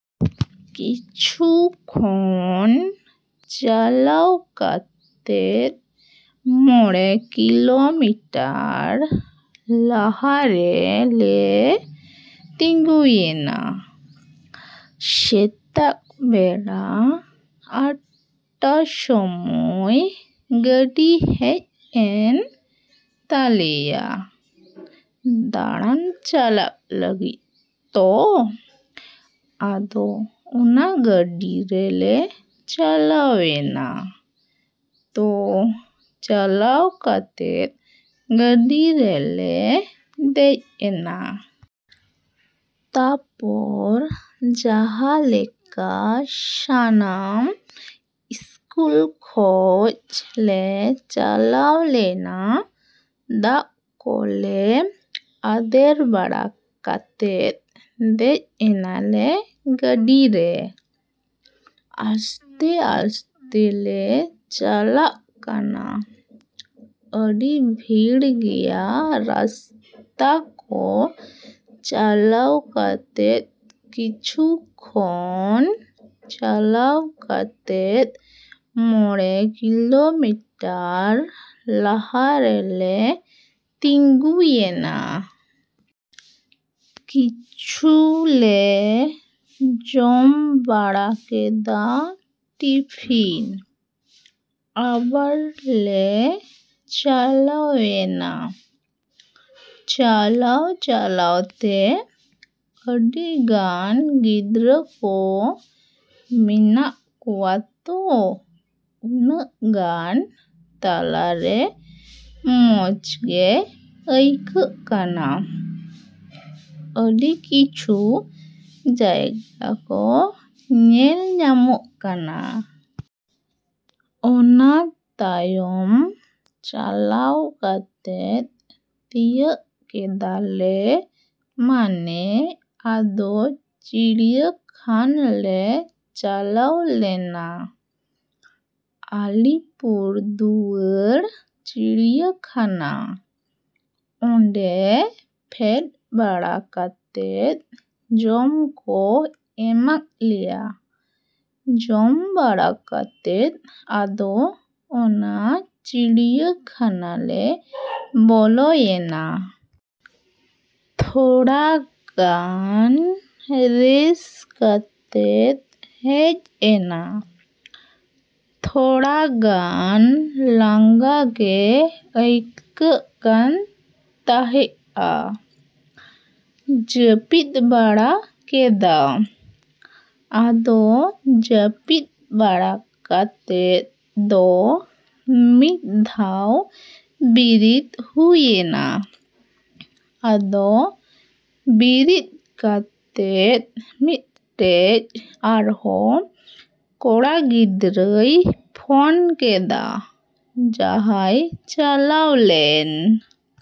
‎ᱠᱤᱪᱷᱩ ᱠᱷᱚᱱ ᱪᱟᱞᱟᱣ ᱠᱟᱛᱮᱫ ᱢᱚᱲᱮ ᱠᱤᱞᱚᱢᱤᱴᱟᱨ ᱞᱟᱦᱟᱨᱮ ᱞᱮ ᱛᱤᱸᱜᱩᱭᱮᱱᱟ᱾ ᱥᱮᱛᱟᱜ ᱵᱮᱲᱟ ᱟᱴ ᱴᱟ ᱥᱚᱢᱚᱭ ᱜᱟᱹᱰᱤ ᱦᱮᱡ ᱮᱱ ᱛᱟᱞᱮᱭᱟ ᱫᱟᱲᱟᱱ ᱪᱟᱞᱟᱜ ᱞᱟᱹᱜᱤᱫ ᱛᱚ᱾ ᱟᱫᱚ ᱚᱱᱟ ᱜᱟᱹᱰᱤ ᱨᱮ ᱞᱮ ᱪᱟᱞᱟᱣᱮᱱᱟ᱾ ᱛᱚ ᱪᱟᱞᱟᱣ ᱠᱟᱛᱮᱫ ᱜᱟᱹᱰᱤ ᱨᱮ ᱞᱮ ᱫᱮᱡ ᱮᱱᱟ᱾ ᱛᱟᱯᱚᱨ ᱡᱟᱸᱦᱟ ᱞᱮᱠᱟ ᱥᱟᱱᱟᱢ ᱤᱥᱠᱩᱞ ᱠᱷᱚᱡ ᱞᱮ ᱪᱟᱞᱟᱣ ᱞᱮᱱᱟ ᱫᱟᱜ ᱠᱚ ᱞᱮ ᱟᱫᱮᱨ ᱵᱟᱲᱟ ᱠᱟᱛᱮᱫ ᱫᱮᱡ ᱮᱱᱟ ᱞᱮ ᱜᱟᱹᱰᱤ ᱨᱮ᱾ ᱟᱥᱛᱮᱼᱟᱥᱛᱮ ᱞᱮ ᱪᱟᱞᱟᱜ ᱠᱟᱱᱟ᱾ ᱟᱹᱰᱤ ᱵᱷᱤᱲ ᱜᱮᱭᱟ ᱨᱟᱥᱛᱟ ᱠᱚ ᱪᱟᱞᱟᱣ ᱠᱟᱛᱮᱫ ᱠᱤᱪᱷᱩ ᱠᱷᱚᱱ ᱪᱟᱞᱟᱣ ᱠᱟᱛᱮᱫ ᱢᱚᱲᱮ ᱠᱤᱞᱚᱢᱤᱴᱟᱨ ᱞᱟᱦᱟᱨᱮ ᱞᱮ ᱛᱤᱸᱜᱩᱭᱮᱱᱟ᱾ ᱠᱤᱪᱷᱩ ᱞᱮ ᱡᱚᱢ ᱵᱟᱲᱟ ᱠᱮᱫᱟ ᱴᱤᱯᱷᱤᱱ᱾ ᱟᱵᱟᱨ ᱞᱮ ᱪᱟᱞᱟᱣᱮᱱᱟ᱾ ᱪᱟᱞᱟᱣᱼᱪᱟᱞᱟᱣ ᱛᱮ ᱟᱹᱰᱤ ᱜᱟᱱ ᱜᱤᱫᱽᱨᱟᱹ ᱠᱚ ᱢᱮᱱᱟᱜ ᱠᱚᱣᱟ ᱛᱚ ᱩᱱᱟᱹᱜ ᱜᱟᱱ ᱛᱟᱞᱟ ᱨᱮ ᱢᱚᱪ ᱜᱮ ᱟᱹᱭᱠᱟᱹᱜ ᱠᱟᱱᱟ᱾ ᱟᱹᱰᱤ ᱠᱤᱪᱷᱩ ᱡᱟᱭᱜᱟ ᱠᱚ ᱧᱮᱞ ᱧᱟᱢᱚᱜ ᱠᱟᱱᱟ᱾ ᱚᱱᱟ ᱛᱟᱭᱚᱢ ᱪᱟᱞᱟᱣ ᱠᱟᱛᱮᱫ ᱛᱤᱭᱟᱹᱜ ᱠᱮᱫᱟ ᱞᱮ ᱢᱟᱱᱮ ᱟᱫᱚ ᱪᱤᱲᱭᱟᱹ ᱠᱷᱟᱱ ᱞᱮ ᱪᱟᱞᱟᱣ ᱞᱮᱱᱟ᱾ ᱟᱞᱤᱯᱩᱨ ᱫᱩᱣᱟᱨ ᱪᱤᱲᱭᱟᱹ ᱠᱷᱟᱱᱟ᱾ ᱚᱸᱰᱮ ᱯᱷᱮᱰ ᱵᱟᱲᱟ ᱠᱟᱛᱮᱫ ᱡᱚᱢ ᱠᱚ ᱮᱢᱟᱜ ᱞᱮᱭᱟ᱾ ᱡᱚᱢ ᱵᱟᱲᱟ ᱠᱟᱛᱮᱫ ᱟᱫᱚ ᱚᱱᱟ ᱪᱤᱲᱭᱟᱹ ᱠᱷᱟᱱᱟ ᱞᱮ ᱵᱚᱞᱚᱭᱮᱱᱟ᱾ ᱛᱷᱚᱲᱟ ᱜᱟᱱ ᱨᱮᱥ ᱠᱟᱛᱮᱫ ᱦᱮᱡ ᱮᱱᱟ᱾ ᱛᱷᱚᱲᱟ ᱜᱟᱱ ᱞᱟᱸᱜᱟ ᱜᱮ ᱟᱹᱭᱠᱟᱹᱜ ᱠᱟᱱ ᱛᱟᱦᱮᱸᱜᱼᱟ᱾ ᱡᱟᱹᱯᱤᱫ ᱵᱟᱲᱟ ᱠᱮᱫᱟ᱾ ᱟᱫᱚ ᱡᱟᱹᱯᱤᱫ ᱵᱟᱲᱟ ᱠᱟᱛᱮᱫ ᱫᱚ ᱢᱤᱫ ᱫᱷᱟᱣ ᱵᱤᱨᱤᱫ ᱦᱩᱭᱮᱱᱟ᱾ ᱟᱫᱚ ᱵᱤᱨᱤᱫ ᱠᱟᱛᱮᱫ ᱢᱤᱫᱴᱮᱡ ᱟᱨᱦᱚᱸ ᱠᱚᱲᱟ ᱜᱤᱫᱽᱨᱟᱹᱭ ᱯᱷᱚᱱ ᱠᱮᱫᱟ ᱡᱟᱦᱟᱸᱭ ᱪᱟᱞᱟᱣ ᱞᱮᱱ᱾